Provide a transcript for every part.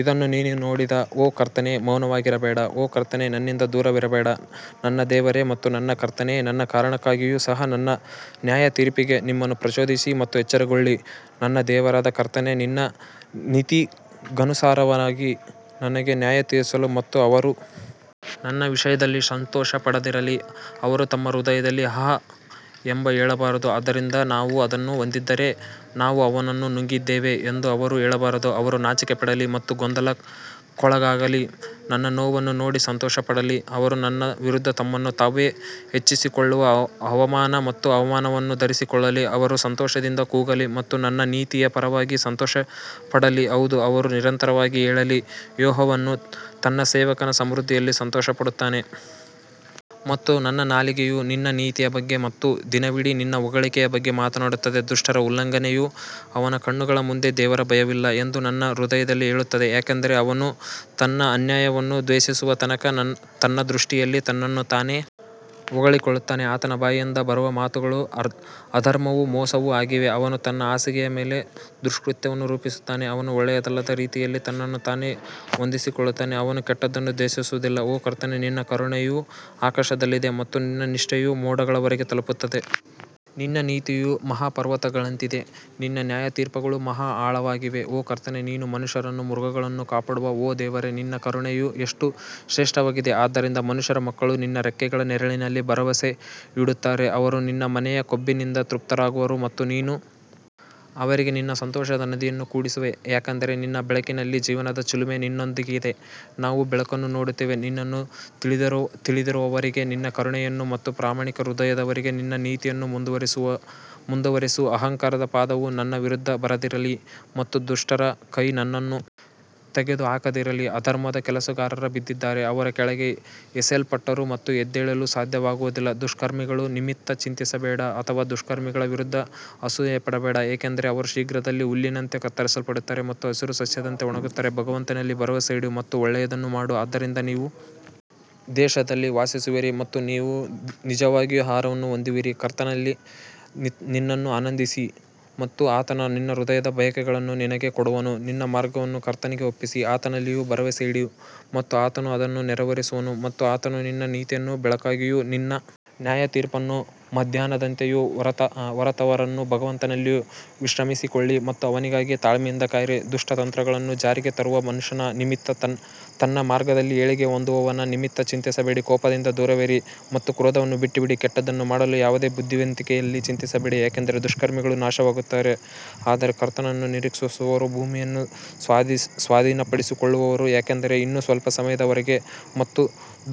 ಇದನ್ನು ನೀನು ನೋಡಿದೆ ಓ ಕರ್ತನೇ ಮೌನವಾಗಿರಬೇಡ ಓ ಕರ್ತನೇ ನನ್ನಿಂದ ದೂರವಿರಬೇಡ ನನ್ನ ದೇವರೇ ಮತ್ತು ನನ್ನ ಕರ್ತನೇ, ನನ್ನ ಕಾರಣಕ್ಕಾಗಿಯೂ ಸಹ ನನ್ನ ನ್ಯಾಯತೀರ್ಪಿಗೆ ನಿಮ್ಮನ್ನು ಪ್ರಚೋದಿಸಿ ಮತ್ತು ಎಚ್ಚರಗೊಳ್ಳಿ ನನ್ನ ದೇವರಾದ ಕರ್ತನೇ ನಿನ್ನ ನೀತಿಗನುಸಾರವಾಗಿ ನನಗೆ ನ್ಯಾಯತೀರಿಸು ಮತ್ತು ಅವರು ನನ್ನ ವಿಷಯದಲ್ಲಿ ಸಂತೋಷಪಡದಿರಲಿ ಅವರು ತಮ್ಮ ಹೃದಯದಲ್ಲಿ ಆಹ್ ಎಂದು ಹೇಳಬಾರದು, ಆದ್ದರಿಂದ ನಾವು ಅದನ್ನು ಹೊಂದಿದ್ದರೆ ನಾವು ಅವನನ್ನು ನುಂಗಿದ್ದೇವೆ ಎಂದು ಅವರು ಹೇಳಬಾರದು ಅವರು ನಾಚಿಕೆಪಡಲಿ ಮತ್ತು ಗೊಂದಲಕ್ಕೊಳಗಾಗಲಿ, ನನ್ನ ನೋವನ್ನು ನೋಡಿ ಸಂತೋಷಪಡಲಿ, ಅವರು ನನ್ನ ವಿರುದ್ಧ ತಮ್ಮನ್ನು ತಾವು ಹೆಚ್ಚಿಸಿಕೊಳ್ಳುವ ಅವಮಾನ ಮತ್ತು ಅವಮಾನವನ್ನು ಧರಿಸಿಕೊಳ್ಳಲಿ ಅವರು ಸಂತೋಷದಿಂದ ಕೂಗಲಿ ಮತ್ತು ನನ್ನ ನೀತಿಯ ಪರವಾಗಿ ಸಂತೋಷಪಡಲಿ, ಹೌದು ಅವರು ನಿರಂತರವಾಗಿ ಹೇಳಲಿ, ಯೆಹೋವನು ತನ್ನ ಸೇವಕನ ಸಮೃದ್ಧಿಯಲ್ಲಿ ಸಂತೋಷಪಡುತ್ತಾನೆ. ಮತ್ತು ನನ್ನ ನಾಲಿಗೆಯು ನಿನ್ನ ನೀತಿಯ ಬಗ್ಗೆ ಮತ್ತು ದಿನವಿಡೀ ನಿನ್ನ ಹೊಗಳಿಕೆಯ ಬಗ್ಗೆ ಮಾತನಾಡುತ್ತದೆ ದುಷ್ಟರ ಉಲ್ಲಂಘನೆಯು ಅವನ ಕಣ್ಣುಗಳ ಮುಂದೆ ದೇವರ ಭಯವಿಲ್ಲ ಎಂದು ನನ್ನ ಹೃದಯದಲ್ಲಿ ಹೇಳುತ್ತದೆ ಯಾಕಂದರೆ ಅವನು ತನ್ನ ಅನ್ಯಾಯವನ್ನು ದ್ವೇಷಿಸುವ ತನಕ ತನ್ನ ದೃಷ್ಟಿಯಲ್ಲಿ ತನ್ನನ್ನು ತಾನೇ ಹೊಗಳಿಕೊಳ್ಳುತ್ತಾನೆ ಆತನ ಬಾಯಿಂದ ಬರುವ ಮಾತುಗಳು ಅಧರ್ಮವೂ ಮೋಸವೂ ಆಗಿವೆ, ಅವನು ತನ್ನ ಹಾಸಿಗೆಯ ಮೇಲೆ ದುಷ್ಕೃತ್ಯವನ್ನು ರೂಪಿಸುತ್ತಾನೆ, ಅವನು ಒಳ್ಳೆಯದಲ್ಲದ ರೀತಿಯಲ್ಲಿ ತನ್ನನ್ನು ತಾನೇ ಹೊಂದಿಸಿಕೊಳ್ಳುತ್ತಾನೆ, ಅವನು ಕೆಟ್ಟದ್ದನ್ನು ದ್ವೇಷಿಸುವುದಿಲ್ಲ ಓ ಕರ್ತನೇ ನಿನ್ನ ಕರುಣೆಯು ಆಕಾಶದಲ್ಲಿದೆ ಮತ್ತು ನಿನ್ನ ನಿಷ್ಠೆಯು ಮೋಡಗಳವರೆಗೆ ತಲುಪುತ್ತದೆ ನಿನ್ನ ನೀತಿಯು ಮಹಾಪರ್ವತಗಳಂತಿದೆ ನಿನ್ನ ನ್ಯಾಯತೀರ್ಪುಗಳು ಮಹಾ ಆಳವಾಗಿವೆ ಓ ಕರ್ತನೇ ನೀನು ಮನುಷ್ಯರನ್ನೂ ಮೃಗಗಳನ್ನೂ ಕಾಪಾಡು ಓ ದೇವರೇ ನಿನ್ನ ಕರುಣೆಯು ಎಷ್ಟು ಶ್ರೇಷ್ಠವಾಗಿದೆ, ಆದ್ದರಿಂದ ಮನುಷ್ಯರ ಮಕ್ಕಳು ನಿನ್ನ ರೆಕ್ಕೆಗಳ ನೆರಳಿನಲ್ಲಿ ಭರವಸೆಯಿಡುತ್ತಾರೆ ಅವರು ನಿನ್ನ ಮನೆಯ ಕೊಬ್ಬಿನಿಂದ ತೃಪ್ತರಾಗುವರು ಮತ್ತು ನೀನು ಅವರಿಗೆ ನಿನ್ನ ಸಂತೋಷದ ನದಿಯನ್ನು ಕುಡಿಸುವೆ ಯಾಕಂದರೆ ನಿನ್ನ ಬೆಳಕಿನಲ್ಲಿ ಜೀವನದ ಚಿಲುಮೆ ನಿನ್ನೊಂದಿಗಿದೆ ನಾವು ಬೆಳಕನ್ನು ನೋಡುತ್ತೇವೆ ನಿನ್ನನ್ನು ತಿಳಿದಿರುವವರಿಗೆ ನಿನ್ನ ಕರುಣೆಯನ್ನು ಮತ್ತು ಪ್ರಾಮಾಣಿಕ ಹೃದಯದವರಿಗೆ ನಿನ್ನ ನೀತಿಯನ್ನು ಮುಂದುವರಿಸು ಅಹಂಕಾರದ ಪಾದವು ನನ್ನ ವಿರುದ್ಧ ಬರದಿರಲಿ ಮತ್ತು ದುಷ್ಟರ ಕೈ ನನ್ನನ್ನು ತೆಗೆದುಹಾಕದಿರಲಿ ಅಧರ್ಮದ ಕೆಲಸಗಾರರು ಬಿದ್ದಿದ್ದಾರೆ ಅವರು ಕೆಳಗೆ ಎಸೆಯಲ್ಪಟ್ಟರು ಮತ್ತು ಎದ್ದೇಳಲು ಸಾಧ್ಯವಾಗುವುದಿಲ್ಲ ದುಷ್ಕರ್ಮಿಗಳ ನಿಮಿತ್ತ ಚಿಂತಿಸಬೇಡ ಅಥವಾ ದುಷ್ಕರ್ಮಿಗಳ ವಿರುದ್ಧ ಅಸೂಯೆಪಡಬೇಡ ಯಾಕಂದರೆ ಅವರು ಶೀಘ್ರದಲ್ಲೇ ಹುಲ್ಲಿನಂತೆ ಕತ್ತರಿಸಲ್ಪಡುತ್ತಾರೆ ಮತ್ತು ಹಸಿರು ಸಸ್ಯದಂತೆ ಒಣಗುತ್ತಾರೆ ಭಗವಂತನಲ್ಲಿ ಭರವಸೆಯಿಡು ಮತ್ತು ಒಳ್ಳೆಯದನ್ನು ಮಾಡು, ಆದ್ದರಿಂದ ನೀವು ದೇಶದಲ್ಲಿ ವಾಸಿಸುವಿರಿ ಮತ್ತು ನೀವು ನಿಜವಾಗಿಯೂ ಆಹಾರವನ್ನು ಹೊಂದುವಿರಿ ಕರ್ತನಲ್ಲಿ ನಿನ್ನನ್ನು ಆನಂದಿಸು ಮತ್ತು ಆತನು ನಿನ್ನ ಹೃದಯದ ಬಯಕೆಗಳನ್ನು ನಿನಗೆ ಕೊಡುವನು ನಿನ್ನ ಮಾರ್ಗವನ್ನು ಕರ್ತನಿಗೆ ಒಪ್ಪಿಸಿ ಆತನಲ್ಲಿಯೂ ಭರವಸೆಯಿಡು ಮತ್ತು ಆತನು ಅದನ್ನು ನೆರವೇರಿಸುವನು ಮತ್ತು ಆತನು ನಿನ್ನ ನೀತಿಯನ್ನು ಬೆಳಕಾಗಿಯೂ ನಿನ್ನ ನ್ಯಾಯತೀರ್ಪನ್ನು ಮಧ್ಯಾಹ್ನದಂತೆಯೂ ಹೊರತರುವನು ಭಗವಂತನಲ್ಲಿ ವಿಶ್ರಮಿಸಿಕೊಳ್ಳಿ ಮತ್ತು ಅವನಿಗಾಗಿ ತಾಳ್ಮೆಯಿಂದ ಕಾಯಿರಿ, ದುಷ್ಟ ತಂತ್ರಗಳನ್ನು ಜಾರಿಗೆ ತರುವ ಮನುಷ್ಯನ ನಿಮಿತ್ತ ತನ್ನ ಮಾರ್ಗದಲ್ಲಿ ಏಳಿಗೆ ಹೊಂದುವವನ ನಿಮಿತ್ತ ಚಿಂತಿಸಬೇಡ ಕೋಪದಿಂದ ದೂರವಿರಿ ಮತ್ತು ಕ್ರೋಧವನ್ನು ಬಿಟ್ಟುಬಿಡಿ, ಕೆಟ್ಟದ್ದನ್ನು ಮಾಡಲು ಯಾವುದೇ ಬುದ್ಧಿವಂತಿಕೆಯಲ್ಲಿ ಚಿಂತಿಸಬೇಡಿ ಯಾಕಂದರೆ ದುಷ್ಕರ್ಮಿಗಳು ನಾಶವಾಗುತ್ತಾರೆ ಆದರೆ ಕರ್ತನನ್ನು ನಿರೀಕ್ಷಿಸುವವರು ಭೂಮಿಯನ್ನು ಸ್ವಾಧೀನಪಡಿಸಿಕೊಳ್ಳುವರು ಯಾಕಂದರೆ ಇನ್ನೂ ಸ್ವಲ್ಪ ಸಮಯದವರೆಗೆ ಮತ್ತು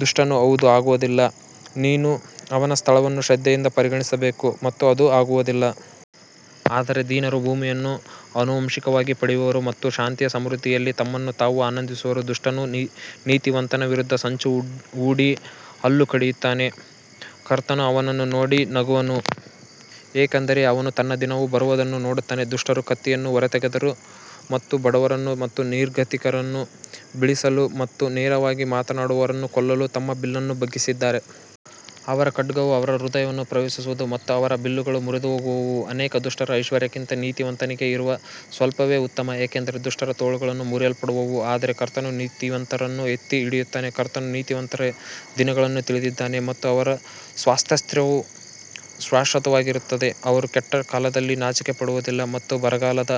ದುಷ್ಟನು ಹೌದು ಆಗುವುದಿಲ್ಲ, ನೀನು ಅವನ ಸ್ಥಳವನ್ನು ಶ್ರದ್ಧೆಯಿಂದ ಪರಿಗಣಿಸಬೇಕು ಮತ್ತು ಅದು ಆಗುವುದಿಲ್ಲ. ಆದರೆ ದೀನರು ಭೂಮಿಯನ್ನು ಆನುವಂಶಿಕವಾಗಿ ಪಡೆಯುವರು ಮತ್ತು ಶಾಂತಿಯ ಸಮೃದ್ಧಿಯಲ್ಲಿ ತಮ್ಮನ್ನು ತಾವು ಆನಂದಿಸುವರು ದುಷ್ಟನು ನೀತಿವಂತನ ವಿರುದ್ಧ ಸಂಚು ಹೂಡಿ ಹಲ್ಲು ಕಡಿಯುತ್ತಾನೆ ಕರ್ತನು ಅವನನ್ನು ನೋಡಿ ನಗುವನು ಏಕೆಂದರೆ ಅವನು ತನ್ನ ದಿನವು ಬರುವುದನ್ನು ನೋಡುತ್ತಾನೆ ದುಷ್ಟರು ಕತ್ತಿಯನ್ನು ಹೊರತೆಗೆದರು ಮತ್ತು ಬಡವರನ್ನು ಮತ್ತು ನಿರ್ಗತಿಕರನ್ನು ಬೀಳಿಸಲು ಮತ್ತು ನೇರವಾಗಿ ಮಾತನಾಡುವವರನ್ನು ಕೊಲ್ಲಲು ತಮ್ಮ ಬಿಲ್ಲನ್ನು ಬಗ್ಗಿಸಿದ್ದಾರೆ. ಅವರ ಖಡ್ಗವು ಅವರ ಹೃದಯವನ್ನು ಪ್ರವೇಶಿಸುವದು ಮತ್ತು ಅವರ ಬಿಲ್ಲುಗಳು ಮುರಿದುಹೋಗುವವು ಅನೇಕ ದುಷ್ಟರ ಐಶ್ವರ್ಯಕ್ಕಿಂತ ನೀತಿವಂತನಿಗೆ ಇರುವ ಸ್ವಲ್ಪವೇ ಉತ್ತಮ ಯಾಕಂದರೆ ದುಷ್ಟರ ತೋಳುಗಳು ಮುರಿಯಲ್ಪಡುವವು ಆದರೆ ಕರ್ತನು ನೀತಿವಂತರನ್ನು ಎತ್ತಿ ಹಿಡಿಯುತ್ತಾನೆ ಕರ್ತನು ನೀತಿವಂತರ ದಿನಗಳನ್ನು ತಿಳಿದಿದ್ದಾನೆ ಮತ್ತು ಅವರ ಸ್ವಾಸ್ತ್ಯವು ಶಾಶ್ವತವಾಗಿರುತ್ತದೆ ಅವರು ಕೆಟ್ಟ ಕಾಲದಲ್ಲಿ ನಾಚಿಕೆಪಡುವದಿಲ್ಲ ಮತ್ತು ಬರಗಾಲದ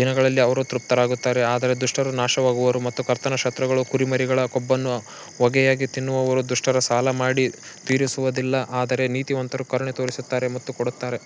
ದಿನಗಳಲ್ಲಿ ಅವರು ತೃಪ್ತರಾಗುತ್ತಾರೆ ಆದರೆ ದುಷ್ಟರು ನಾಶವಾಗುವರು ಮತ್ತು ಕರ್ತನ ಶತ್ರುಗಳು ಕುರಿಮರಿಗಳ ಕೊಬ್ಬನ್ನು ಹೊಗೆಯಾಗಿ ತಿನ್ನುವರು ದುಷ್ಟರು ಸಾಲ ಮಾಡಿ ತೀರಿಸುವುದಿಲ್ಲ ಆದರೆ ನೀತಿವಂತರು ಕರುಣೆ ತೋರಿಸುತ್ತಾರೆ ಮತ್ತು ಕೊಡುತ್ತಾರೆ.